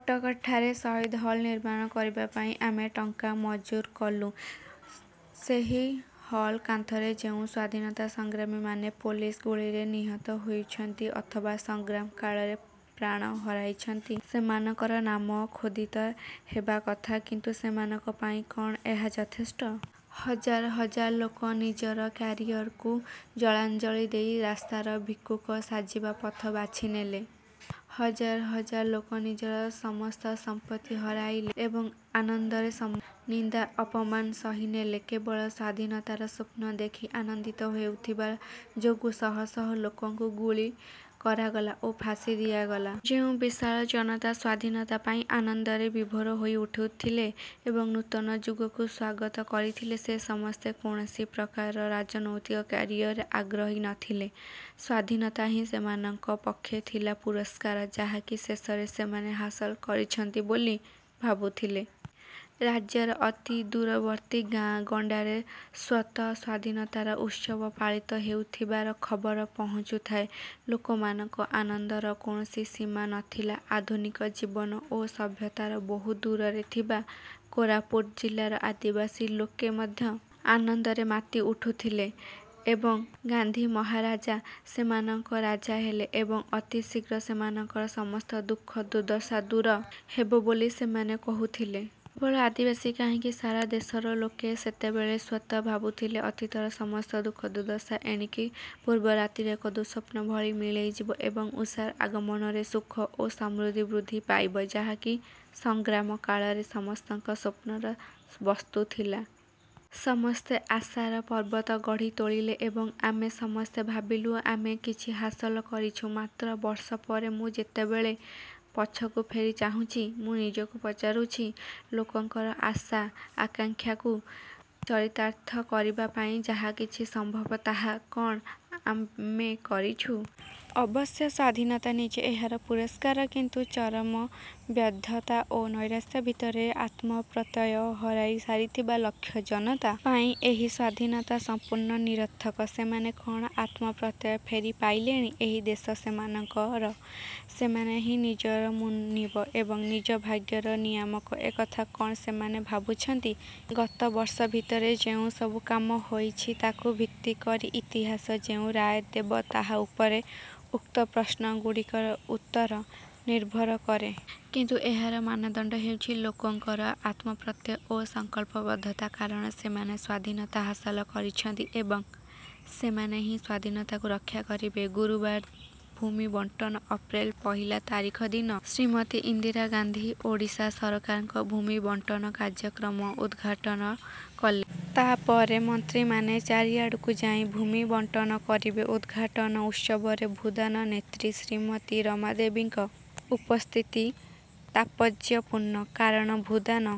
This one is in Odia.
କଟକଠାରେ ଶହୀଦ ହଲ୍ ନିର୍ମାଣ କରିବା ପାଇଁ ଆମେ ଟଙ୍କା ମଞ୍ଜୁର କଲୁ। ସେହି ହଲ୍ର କାନ୍ଥରେ ଯେଉଁ ସ୍ୱାଧୀନତା ସଂଗ୍ରାମୀମାନେ ପୋଲିସ ଗୁଳିରେ ନିହତ ହୋଇଛନ୍ତି; ଅଥବା ସଂଗ୍ରାମ କାଳରେ ପ୍ରାଣ ହରାଇଛନ୍ତି, ସେମାନଙ୍କର ନାମ ଖୋଦିତ ହେବା କଥା; କିନ୍ତୁ ସେମାନଙ୍କ ପାଇଁ କ'ଣ ଏହା ଯଥେଷ୍ଟ? ହଜାର ହଜାର ଲୋକ ନିଜର 'କ୍ୟାରିଅର'କୁ ଜଳାଞ୍ଜଳି ଦେଇ ରାସ୍ତାର ଭିକ୍ଷୁକ ସାଜିବା ପଥ ବାଛିନେଲେ। ହଜାର ହଜାର ଲୋକ ନିଜର ସମସ୍ତ ସମ୍ପତ୍ତି ହରାଇଲେ ଏବଂ ଆନନ୍ଦରେ ସମସ୍ତ ନିନ୍ଦା ଅପମାନ ସହି ନେଲେ। କେବଳ ସ୍ୱାଧୀନତାର ସ୍ୱପ୍ନ ଦେଖି ଆନନ୍ଦିତ ହୋଇଥିବା ଯୋଗୁଁ ଶହ ଶହ ଲୋକଙ୍କୁ ଗୁଳି କରାଗଲା ଓ ଫାଶୀ ଦିଆଗଲା। ଯେଉଁ ବିଶାଳ ଜନତା ସ୍ୱାଧୀନତା ପାଇଁ ଆନନ୍ଦରେ ବିଭୋର ହୋଇ ଉଠିଥିଲେ ଏବଂ ନୂତନ ଯୁଗକୁ ସ୍ୱାଗତ କରିଥିଲେ, ସେ ସମସ୍ତେ କୌଣସି ପ୍ରକାର ରାଜନୈତିକ କ୍ୟାରିଅରରେ ଆଗ୍ରହୀ ନଥିଲେ। ସ୍ୱାଧୀନତା ହିଁ ସେମାନଙ୍କ ପକ୍ଷେ ଥିଲା ପୁରସ୍କାର ଯାହାକି ଶେଷରେ ସେମାନେ ହାସଲ କରିଛନ୍ତି ବୋଲି ଭାବୁଥିଲେ। ରାଜ୍ୟର ଅତି ଦୂରବର୍ତ୍ତୀ ଗାଁ ଗଣ୍ଡାରେ ସ୍ୱତଃ ସ୍ୱାଧୀନତାର ଉତ୍ସବ ପାଳିତ ହେଉଥିବାର ଖବର ପହଞ୍ଚୁଥାଏ। ଲୋକମାନଙ୍କ ଆନନ୍ଦର କୌଣସି ସୀମା ନଥିଲା। ଆଧୁନିକ ଜୀବନ ଓ ସଭ୍ୟତାର ବହୁ ଦୂରରେ ଥିବା କୋରାପୁଟ ଜିଲ୍ଲାର ଆଦିବାସୀ ଲୋକେ ମଧ୍ୟ ଆନନ୍ଦରେ ମାତି ଉଠିଥିଲେ ଏବଂ ଗାନ୍ଧି ମହାରାଜ ସେମାନଙ୍କର ରାଜା ହେଲେ ଏବଂ ଅତି ଶୀଘ୍ର ସେମାନଙ୍କର ସମସ୍ତ ଦୁଃଖ ଦୁର୍ଦ୍ଦଶା ଦୂର ହେବ ବୋଲି ସେମାନେ କହୁଥିଲେ। କେବଳ ଆଦିବାସୀ କାହିଁକି ସାରା ଦେଶର ଲୋକେ ସେତେବେଳେ ସ୍ୱତଃ ଭାବୁଥିଲେ, ଅତୀତର ମସସ୍ତ ଦୁଃଖ ଦୁର୍ଦ୍ଦଶା ଏଣିକି ପୂର୍ବରାତ୍ରିର ଏକ ଦୁଃସ୍ୱପ୍ନ ଭଳି ମିଳେଇଯିବ ଏବଂ ଉଷାର ଆଗମନରେ ସୁଖ ଓ ସମୃଦ୍ଧି ବୃଦ୍ଧି ପାଇବ ଯାହା କି ସଂଗ୍ରାମ କାଳରେ ସମସ୍ତଙ୍କର ସ୍ୱପ୍ନର ବସ୍ତୁ ଥିଲା। ସମସ୍ତେ ଆଶାର ପର୍ବତ ଗଢ଼ି ତୋଳିଲେ ଏବଂ ଆମେ ସମସ୍ତେ ଭାବିଲୁ ଆମେ କିଛି ହାସଲ କରିଛୁ। ମାତ୍ର ବର୍ଷ ପରେ ମୁଁ ଯେତେବେଳେ ପଛକୁ ଫେରି ଚାହୁଁଛି, ମୁଁ ନିଜକୁ ପଚାରୁଛି, ଲୋକଙ୍କର ଆଶା ଆକାଙ୍କ୍ଷାକୁ ଚରିତାର୍ଥ କରିବା ପାଇଁ ଯାହା କିଛି ସମ୍ଭବ ତାହା କ'ଣ ଆମେ କରିଛୁ? ଅବଶ୍ୟ ସ୍ୱାଧୀନତା ନିଜେ ଏହାର ପୁରସ୍କାର; କିନ୍ତୁ ଚରମ ବ୍ୟର୍ଥତା ଓ ନୈରାଶ୍ୟ ଭିତରେ ଆତ୍ମପ୍ରତ୍ୟୟ ହରାଇ ସାରିଥିବା ଲକ୍ଷ ଜନତା ପାଇଁ ଏହି ସ୍ୱାଧୀନତା ସମ୍ପୂର୍ଣ୍ଣ ନିରର୍ଥକ। ସେମାନେ କଣ ଆତ୍ମପ୍ରତ୍ୟୟ ଫେରି ପାଇଲେଣି। ଏହି ଦେଶ ସେମାନଙ୍କର- ସେମାନେ ହିଁ ନିଜର ମୁନିବ ଏବଂ ନିଜ ଭାଗ୍ୟର ନିୟାମକ ଏକଥା କଣ ସେମାନେ ଭାବୁଛନ୍ତି ଗତ ବର୍ଷ ଭିତରେ ଯେଉଁ ସବୁ କାମ ହୋଇଛି ତାକୁ ଭିତ୍ତି କରି ଇତିହାସ ଯେଉଁ ରାୟ ଦେବ ତାହା ଉପରେ ଉକ୍ତ ପ୍ରଶ୍ନ ଗୁଡ଼ିକର ଉତ୍ତର ନିର୍ଭର କରେ। କିନ୍ତୁ ଏହାର ମାନଦଣ୍ଡ ହେଉଛି ଲୋକଙ୍କର ଆତ୍ମପ୍ରତ୍ୟୟ ଓ ସଂକଳ୍ପବଦ୍ଧତା, କାରଣ ସେମାନେ ସ୍ୱାଧୀନତା ହାସଲ କରିଛନ୍ତି ଏବଂ ସେମାନେ ହିଁ ସ୍ୱାଧୀନତାକୁ ରକ୍ଷାକରିବେ। ଗୁରୁବାର ଭୂମି ବଣ୍ଟନ ଅପ୍ରେଲ ପହିଲା ତାରିଖ ଦିନ ଶ୍ରୀମତୀ ଇନ୍ଦିରା ଗାନ୍ଧୀ ଓଡ଼ିଶା ସରକାରଙ୍କ ଭୂମି ବଣ୍ଟନ କାର୍ଯ୍ୟକ୍ରମ ଉଦ୍ଘାଟନ କଲେ। ତା'ପରେ ମନ୍ତ୍ରୀମାନେ ଚାରିଆଡ଼କୁ ଯାଇ ଭୂମି ବଣ୍ଟନ କରିବେ। ଉଦ୍ଘାଟନ ଉତ୍ସବରେ ଭୂଦାନ ନେତ୍ରୀ ଶ୍ରୀମତୀ ରମା ଦେବୀଙ୍କ ଉପସ୍ଥିତି ତାତ୍ପର୍ଯ୍ୟପୂର୍ଣ୍ଣ। କାରଣ ଭୂଦାନ